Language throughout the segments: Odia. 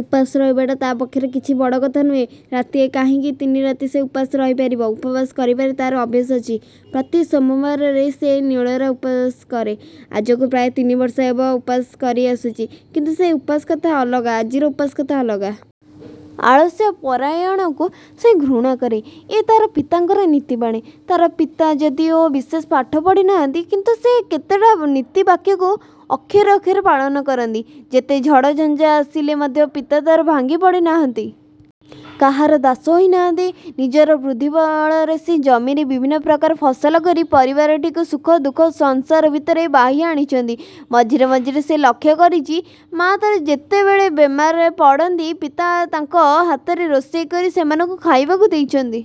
ଉପାସ ରହିବାଟା ତା'ପକ୍ଷରେ କିଛି ବଡ଼ କଥା ନୁହେଁ। ରାତିଏ କାହିଁକି ତିନି ରାତି ସେ ଉପାସ ରହିପାରିବ। ଉପବାସ କରିବାରେ ତା'ର ଅଭ୍ୟାସ ଅଛି। ପ୍ରତି ସୋମବାରେ ସେ ନିରୋଳା ଉପାସ କରେ। ଆଜକୁ ପ୍ରାୟ ତିନିବର୍ଷ ହେବ ଉପାସ କରିଆସୁଛି। କିନ୍ତୁ ସେ ଉପାସ କଥା ଅଲଗା, ଆଜିର ଉପାସ କଥା ଅଲଗା। ଆଳସ୍ୟପରାୟଣତାକୁ ସେ ଘୃଣା କରେ। ଏ ତା'ର ପିତାଙ୍କର ନୀତି ବାଣୀ। ତା'ର ପିତା ଯଦିଓ ବିଶେଷ ପାଠ ପଢ଼ି ନାହାନ୍ତି, କିନ୍ତୁ ସେ କେତେଟା ନୀତି ବାକ୍ୟକୁ ଅକ୍ଷରେ ଅକ୍ଷରେ ପାଳନ କରନ୍ତି। ଯେତେ ଝଡ଼ ଝଞ୍ଜା ଆସିଲେ ମଧ୍ୟ ପିତା ତା'ର ଭାଙ୍ଗି ପଡ଼ି ନାହାନ୍ତି। କାହାର ଦାସ ହୋଇ ନାହାନ୍ତି। ନିଜର ବୁଦ୍ଧିବଳରେ ସେ ଜମିରେ ବିଭିନ୍ନ ପ୍ରକାର ଫସଲ କରି ପରିବାରଟିକୁ ସୁଖ ଦୁଃଖ ସଂସାର ଭିତରେ ବାହି ଆଣିଛନ୍ତି। ମଝିରେ ମଝିରେ ସେ ଲକ୍ଷ୍ୟ କରିଛି ମା' ତା'ର ଯେତେବେଳେ ବେମାର ପଡ଼ନ୍ତି ପିତା ତା'ଙ୍କ ହାତରେ ରୋଷେଇ କରି ସେମାନଙ୍କୁ ଖାଇବାକୁ ଦେଇଛନ୍ତି।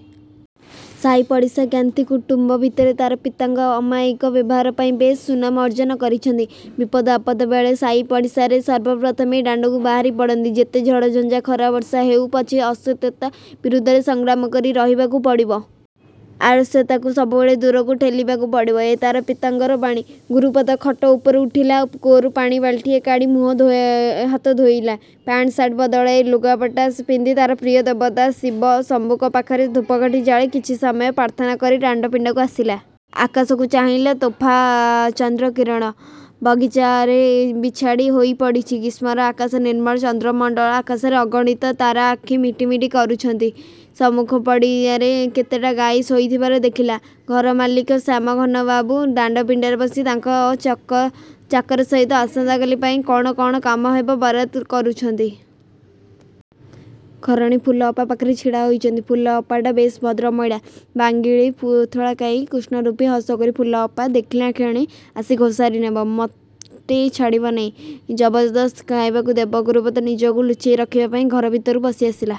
ସାଇ ପଡ଼ିଶା ଜ୍ଞାତି କୁଟୁମ୍ୱ ଭିତରେ ତା'ର ପିତାଙ୍କ ଅମାୟିକ ବ୍ୟବହାର ପାଇଁ ବେଶ୍ ସୁନାମ ଅର୍ଜ୍ଜନ କରିଛନ୍ତି। ବିପଦ ଆପଦ ବେଳେ ସାଇପଡ଼ିଶାରେ ସର୍ବ ପ୍ରଥମେ ଦାଣ୍ଡକୁ ବାହାରି ପଡ଼ନ୍ତି। ଯେତେ ଝଡ଼ଜଞ୍ଜା ଖରା ବର୍ଷା ହେଉ ପଛେ, ଅସତ୍ୟତା ବିରୁଦ୍ଧରେ ସଂଗ୍ରାମ କରି ରହିବାକୁ ପଡ଼ିବ। ଆଳସ୍ୟତାକୁ ସବୁବେଳେ ଦୂରକୁ ଠେଲିବାକୁ ପଡ଼ିବ ଏ ତା'ର ପିତାଙ୍କର ବାଣୀ। ଗୁରୁପଦ ଖଟ ଉପରୁ ଉଠିଲା। କୂଅରୁ ପାଣି ବାଲ୍ଟିଏ କାଢ଼ି ମୁହଁ ହାତ ଧୋଇଲା। ପ୍ୟାଣ୍ଟ ସାଟ୍ ବଦଳାଇ ଲୁଗାପଟା ପିନ୍ଧି ତା'ର ପ୍ରିୟ ଦେବତା ଶିବ ଶମ୍ଭୁଙ୍କ ପାଖରେ ଧୂପକାଠି ଜାଳି କିଛି ସମୟ ପ୍ରାର୍ଥନା କରି ଦାଣ୍ଡ ପିଣ୍ଡାକୁ ଆସିଲା। ଆକାଶକୁ ଚାହିଁଲା। ତୋଫା ଚନ୍ଦ୍ରକିରଣ। ବଗିଚାରେ ବିଛାଡ଼ି ହୋଇ ପଡ଼ିଛି। ଗ୍ରୀଷ୍ମର ଆକାଶ ନିର୍ମଳ ଚନ୍ଦ୍ରମଣ୍ଡଳ ଆକାଶରେ ଅଗଣିତ ତାରା ଆଖି ମିଟି ମିଟି କରୁଛନ୍ତି। ସମ୍ମୁଖ ପଡ଼ିଆରେ କେତେଟା ଗାଈ ଶୋଇଥିବାର ଦେଖିଲା। ଘର ମାଲିକ ଶ୍ୟାମଘନବାବୁ ଦାଣ୍ଡପିଣ୍ଡାରେ ବସି ତାଙ୍କ ଚାକର ସହିତ ଆସନ୍ତାକାଲି ପାଇଁ କ'ଣ କ'ଣ କାମହେବ ବରାଦ କରୁଛନ୍ତି। ଘରଣୀ ଫୁଲଅପା ପାଖରେ ଛିଡ଼ା ହୋଇଛନ୍ତି। ଫୁଲଅପାଟା ବେଶ୍ ଭଦ୍ର ମହିଳା। ବାଙ୍ଗିରି ପୃଥୁଳାକାୟୀ, କୃଷ୍ଣରୂପୀ, ହସକୁରୀ ଫୁଲଅପା। ଦେଖିଲାକ୍ଷଣି ଆସି ଘୋଷାରି ନେବ। ମୋଟେ ଛାଡ଼ିବ ନାହିଁ। ଜବରଦସ୍ତ ଖାଇବାକୁ ଦେବ। ଗୁରୁପଦ ନିଜକୁ ଲୁଚେଇ ରଖିବା ପାଇଁ ଘର ଭିତରକୁ ପଶି ଆସିଲା।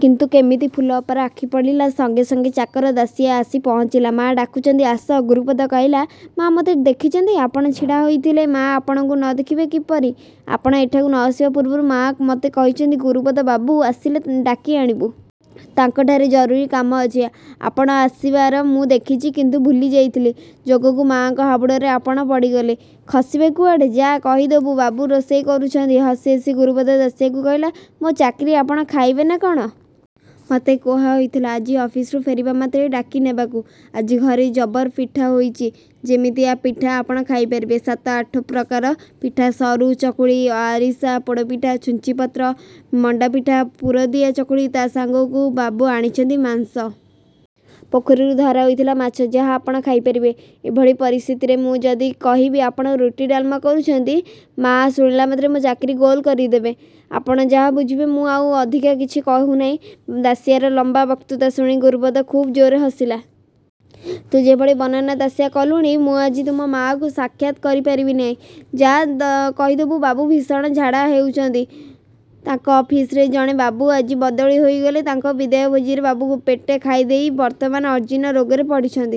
କିନ୍ତୁ କେମିତି ଫୁଲଅପାର ଆଖି ପଡ଼ିଲା, ସଙ୍ଗେ ସଙ୍ଗେ ଚାକର ଦାଶିଆ ଆସି ପହଞ୍ଚିଲା। ମା' ଡାକୁଛନ୍ତି ଆସ। ଗୁରୁପଦ କହିଲା। ମା' ମୋତେ ଦେଖିଛନ୍ତି? ଆପଣ ଛିଡ଼ା ହୋଇଥିଲେ; ମା' ଆପଣଙ୍କୁ ନ ଦେଖିବେ କିପରି? ଆପଣ ଏଠାକୁ ନ ଆସିବା ପୂର୍ବରୁ ମା' ମୋତେ କହିଛନ୍ତି, ଗୁରୁପଦ ବାବୁ ଆସିଲେ ଡାକି ଆଣିବୁ। ତାଙ୍କଠାରେ ଜରୁରୀ କାମ ଅଛି। ଆପଣ ଆସିବାର ମୁଁ ଦେଖିଛି। କିନ୍ତୁ ଭୁଲିଯାଇଥିଲି। ଯୋଗକୁ ମା'ଙ୍କ ହାବୁଡ଼ରେ ଆପଣ ପଡ଼ିଗଲେ। ଖସିବେ କୁଆଡ଼େ? ଯା' କହିଦେବୁ ବାବୁ ରୋଷେଇ କରୁଛନ୍ତି। ହସି ହସି ଗୁରୁପଦ ଦାଶିଆକୁ କହିଲା। ମୋ ଚାକିରି ଆପଣ ଖାଇବେ ନା କ'ଣ? ମୋତେ କୁହା ହୋଇଥିଲା, ଆଜି ଅଫିସ୍ରୁ ଫେରିବା ମାତ୍ରେ ଡାକି ନେବାକୁ। ଆଜି ଘରେ ଜବର ପିଠା ହୋଇଛି। ଯେମିତିଆ ପିଠା ଆପଣ ଖାଇପାରିବେ। ସାତ ଆଠ ପ୍ରକାର ପିଠା, ସରୁ ଚକୁଳି, ଆରିଶା, ପୋଡ଼ପିଠା, ଛୁଞ୍ଚିପତ୍ର, ମଣ୍ଡାପିଠା, ପୁରଦିଆ ଚକୁଳି ତା' ସାଙ୍ଗକୁ ବାବୁ ଆଣିଛନ୍ତି ମାଂସ। ପୋଖରୀରୁ ଧରା ହୋଇଥିଲା ମାଛ। ଯାହା ଆପଣ ଖାଇ ପାରିବେ। ଏଭଳି ପରିସ୍ଥିତିରେ ମୁଁ ଯଦି କହିବି ଆପଣ ରୁଟି ଡାଲ୍ମା କରୁଛନ୍ତି, ମା' ଶୁଣିଲା ମାତ୍ରେ ମୋ ଚାକିରି ଗୋଲ କରିଦେବେ। ଆପଣ ଯାହା ବୁଝିବେ। ମୁଁ ଆଉ ଅଧିକ କିଛି କହୁନାହିଁ। ଦାଶିଆର ଲମ୍ୱା ବକ୍ତୃତା ଶୁଣି, ଗୁରୁପଦ ଖୁବ୍ ଜୋରରେ ହସିଲା। ତୁ ଯେଭଳି ବର୍ଣ୍ଣନା ଦାଶିଆ କଲୁଣି, ମୁଁ ଆଜି ତୁମ ମା'ଙ୍କୁ ସାକ୍ଷାତ କରି ପାରିବି ନାହିଁ। ଯା' କହିଦେବୁ ବାବୁ ଭୀଷଣ ଝାଡ଼ା ହେଉଛନ୍ତି। ତାଙ୍କ ଅଫିସ୍ରେ ଜଣେ ବାବୁ ଆଜି ବଦଳି ହୋଇଗଲେ। ତାଙ୍କ ବିଦାୟ ଭୋଜିରେ ବାବୁ ପେଟେ ଖାଇଦେଇ ବର୍ତ୍ତମାନ ଅଜୀର୍ଣ୍ଣ ରୋଗରେ ପଡ଼ିଛନ୍ତି।